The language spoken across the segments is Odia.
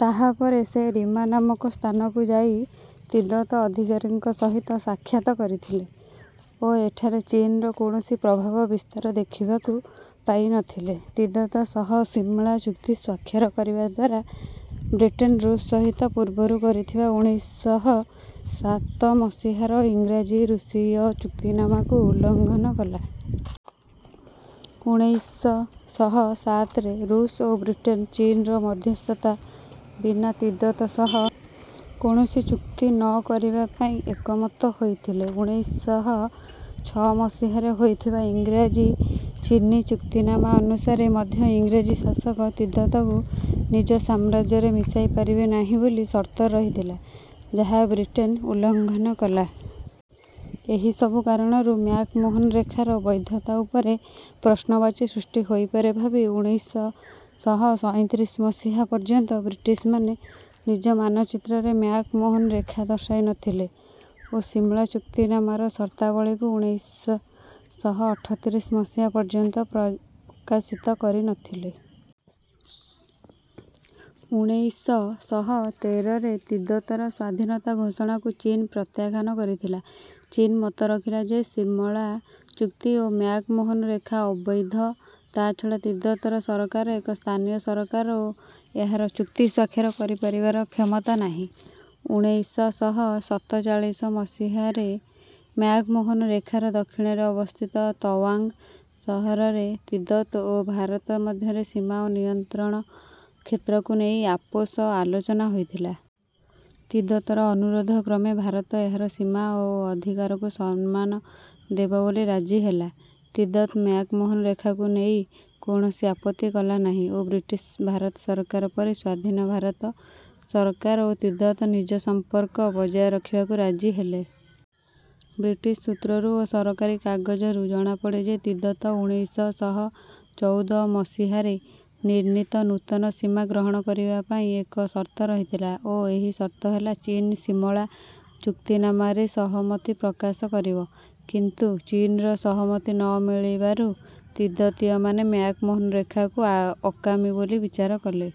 ତାହାପରେ ସେ ରିମା ନାମକ ସ୍ଥାନକୁ ଯାଇ ତିବ୍ଦତ ଅଧିକାରୀଙ୍କ ସହିତ ସାକ୍ଷାତ କରିଥିଲେ ଓ ଏଠାରେ ଚୀନ୍‌ର କୌଣସି ପ୍ରଭାବ ବିସ୍ତାର ଦେଖିବାକୁ ପାଇ ନ ଥିଲେ। ତିବ୍ଦତ ସହ ସିମଳା ଚୁକ୍ତି ସ୍ୱାକ୍ଷର କରିବା ଦ୍ୱାରା ବ୍ରିଟେନ୍ ଋଷ୍ ସହିତ ପୂର୍ବରୁ କରିଥିବା ଉଣେଇ ଶହ ସାତ ମସିହାର ଇଂରାଜୀ-ଋଷୀୟ ଚୁକ୍ତିନାମାକୁ ଉଲ୍ଲଂଘନ କଲା। ଉଣେଇଶ ଶହ ସାତରେ ଋଷ୍ ଓ ବ୍ରିଟେନ୍ ଚୀନ୍‌ର ମଧ୍ୟସ୍ଥତା ବିନା ତିବ୍ଦତ ସହ କୌଣସି ଚୁକ୍ତି ନ କରିବା ପାଇଁ ଏକମତ ହୋଇଥିଲେ। ଉଣେଇ ଶହ ଛଅ ମସିହାରେ ହୋଇଥିବା ଇଂରାଜୀ-ଚୀନୀ ଚୁକ୍ତିନାମା ଅନୁସାରେ ମଧ୍ୟ ଇଂରାଜୀ ଶାସକ ତିବ୍ଦତକୁ ନିଜ ସାମ୍ରାଜ୍ୟରେ ମିଶାଇ ପାରିବେ ନାହିଁ ବୋଲି ସର୍ତ୍ତ ରହିଥିଲା ଯାହା ବ୍ରିଟେନ୍ ଉଲ୍ଲଂଘନ କଲା। ଏହି ସବୁ କାରଣରୁ ମ୍ୟାକ୍-ମୋହନ ରେଖାର ବୈଧତା ଉପରେ ପ୍ରଶ୍ନବାଚୀ ସୃଷ୍ଟି ହୋଇପାରେ ଭାବି ଉଣେଇଶ ଶହ ସଇଁତିରିଶ ମସିହା ପର୍ଯ୍ୟନ୍ତ ବ୍ରିଟିଶ୍‌ମାନେ ନିଜ ମାନଚିତ୍ରରେ ମ୍ୟାକ୍-ମୋହନ ରେଖା ଦର୍ଶାଇ ନ ଥିଲେ ଓ ସିମଳା ଚୁକ୍ତିନାମାର ସର୍ତ୍ତାବଳୀକୁ ଉଣେଇଶ ଶହ ଅଠତିରିଶ ମସିହା ପର୍ଯ୍ୟନ୍ତ ପ୍ରକାଶିତ କରି ନ ଥିଲେ। ଉଣେଇଶ ଶହ ତେରରେ ତିବ୍ଦତର ସ୍ୱାଧୀନତା ଘୋଷଣାକୁ ଚୀନ୍ ପ୍ରତ୍ୟାଖ୍ୟାନ କରିଥିଲା। ଚୀନ୍ ମତ ରଖିଲା ଯେ ସିମଳା ଚୁକ୍ତି ଓ ମ୍ୟାକ୍-ମୋହନ ରେଖା ଅବୈଧ, ତା’ଛଡ଼ା ତିବ୍ଦତର ସରକାର ଏକ ସ୍ଥାନୀୟ ସରକାର ଓ ଏହାର ଚୁକ୍ତି ସ୍ୱାକ୍ଷର କରିପାରିବାର କ୍ଷମତା ନାହିଁ। ଉଣେଇଶ ଶହ ସତଚାଳିଶ ମସିହାରେ ମ୍ୟାକ୍-ମୋହନ ରେଖାର ଦକ୍ଷିଣରେ ଅବସ୍ଥିତ ତୱାଙ୍ଗ୍ ସହରରେ ତିବ୍ଦତ ଓ ଭାରତ ମଧ୍ୟରେ ସୀମା ଓ ନିୟନ୍ତ୍ରଣ କ୍ଷେତ୍ରକୁ ନେଇ ଆପୋଷ ଆଲୋଚନା ହୋଇଥିଲା। ତିବ୍ଦତର ଅନୁରୋଧ କ୍ରମେ ଭାରତ ଏହାର ସୀମା ଓ ଅଧିକାରକୁ ସମ୍ମାନ ଦେବ ବୋଲି ରାଜି ହେଲା, ତିବ୍ଦତ ମ୍ୟାକ୍-ମୋହନ ରେଖାକୁ ନେଇ କୌଣସି ଆପତ୍ତି କଲା ନାହିଁ ଓ ବ୍ରିଟିଶ୍-ଭାରତ ସରକାର ପରି ସ୍ୱାଧୀନ ଭାରତ ସରକାର ଓ ତିବ୍ଦତ ନିଜ ସମ୍ପର୍କ ବଜାୟ ରଖିବାକୁ ରାଜି ହେଲେ। ବ୍ରିଟିଶ୍ ସୂତ୍ରରୁ ଓ ସରକାରୀ କାଗଜରୁ ଜଣାପଡ଼େ ଯେ ତିବ୍ଦତ ଉଣେଇଶ ଶହ ଚଉଦ ମସିହାରେ ନିର୍ଣ୍ଣୀତ ନୂତନ ସୀମା ଗ୍ରହଣ କରିବା ପାଇଁ ଏକ ସର୍ତ୍ତ ରହିଥିଲା ଓ ଏହି ସର୍ତ୍ତ ହେଲା ଚୀନ୍ ସିମଳା ଚୁକ୍ତିନାମାରେ ସହମତି ପ୍ରକାଶ କରିବ। କିନ୍ତୁ ଚୀନ୍‌ର ସହମତି ନ ମିଳିବାରୁ ତିବ୍ଦତୀୟମାନେ ମ୍ୟାକ୍-ମୋହନ ରେଖାକୁ ଆ ଅକାମୀ ବୋଲି ବିଚାର କଲେ।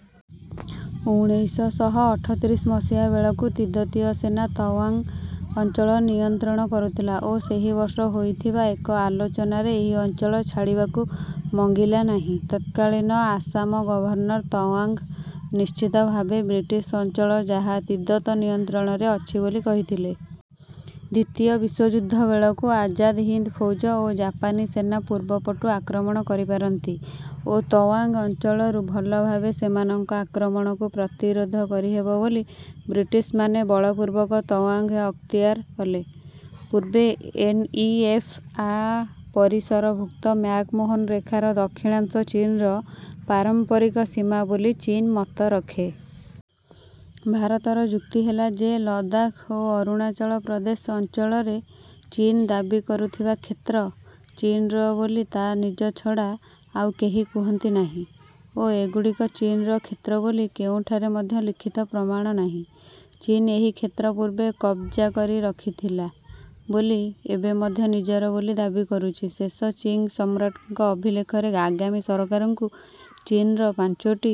ଉଣେଇଶ ଶହ ଅଠତିରିଶ ମସିହା ବେଳକୁ ତିବ୍ଦତୀୟ ସେନା ତୱାଙ୍ଗ୍ ଅଞ୍ଚଳ ନିୟନ୍ତ୍ରଣ କରୁଥିଲା ଓ ସେହି ବର୍ଷ ହୋଇଥିବା ଏକ ଆଲୋଚନାରେ ଏହି ଅଞ୍ଚଳ ଛାଡ଼ିବାକୁ ମଙ୍ଗିଲା ନାହିଁ। ତତ୍କାଳୀନ ଆସାମ ଗଭର୍ଣ୍ଣର୍ ତୱାଙ୍ଗ୍ ନିଶ୍ଚିତ ଭାବେ ବ୍ରିଟିଶ୍ ଅଞ୍ଚଳ ଯାହା ତିବ୍ଦତ ନିୟନ୍ତ୍ରଣରେ ଅଛି ବୋଲି କହିଥିଲେ। ଦ୍ୱିତୀୟ ବିଶ୍ୱଯୁଦ୍ଧ ବେଳକୁ ଆଜାଦ୍ ହିନ୍ଦ୍ ଫୌଜ ଓ ଜାପାନୀ ସେନା ପୂର୍ବ ପଟୁ ଆକ୍ରମଣ କରିପାରନ୍ତି ଓ ତୱାଙ୍ଗ୍ ଅଞ୍ଚଳରୁ ଭଲ ଭାବେ ସେମାନଙ୍କ ଆକ୍ରମଣକୁ ପ୍ରତିରୋଧ କରିହେବ ବୋଲି ବ୍ରିଟିଶ୍‌ମାନେ ବଳପୂର୍ବକ ତୱାଙ୍ଗ୍ ଅକ୍ତିଆର କଲେ। ପୂର୍ବେ ଏନ ଇ ଏଫ୍ ଆ ପରିସରଭୁକ୍ତ ମ୍ୟାକ୍-ମୋହନ ରେଖାର ଦକ୍ଷିଣାଂଶ ଚୀନ୍‌ର ପାରମ୍ପରିକ ସୀମା ବୋଲି ଚୀନ୍ ମତ ରଖେ। ଭାରତର ଯୁକ୍ତି ହେଲା ଯେ ଲଦାଖ୍ ଓ ଅରୁଣାଚଳ ପ୍ରଦେଶ ଅଞ୍ଚଳରେ ଚୀନ୍ ଦାବି କରୁଥିବା କ୍ଷେତ୍ର ଚୀନ୍‌ର ବୋଲି ତା ନିଜ ଛଡ଼ା ଆଉ କେହି କୁହନ୍ତି ନାହିଁ ଓ ଏଗୁଡ଼ିକ ଚୀନ୍‌ର କ୍ଷେତ୍ର ବୋଲି କେଉଁଠାରେ ମଧ୍ୟ ଲିଖିତ ପ୍ରମାଣ ନାହିଁ। ଚୀନ୍ ଏହି କ୍ଷେତ୍ର ପୂର୍ବେ କବ୍‌ଜା କରି ରଖିଥିଲା ବୋଲି ଏବେ ମଧ୍ୟ ନିଜର ବୋଲି ଦାବି କରୁଛି। ଶେଷ ଚିଙ୍ଗ୍ ସମ୍ରାଟଙ୍କ ଅଭିଲେଖରେ ଆଗାମୀ ସରକାରଙ୍କୁ ଚୀନ୍‌ର ପାଞ୍ଚୋଟି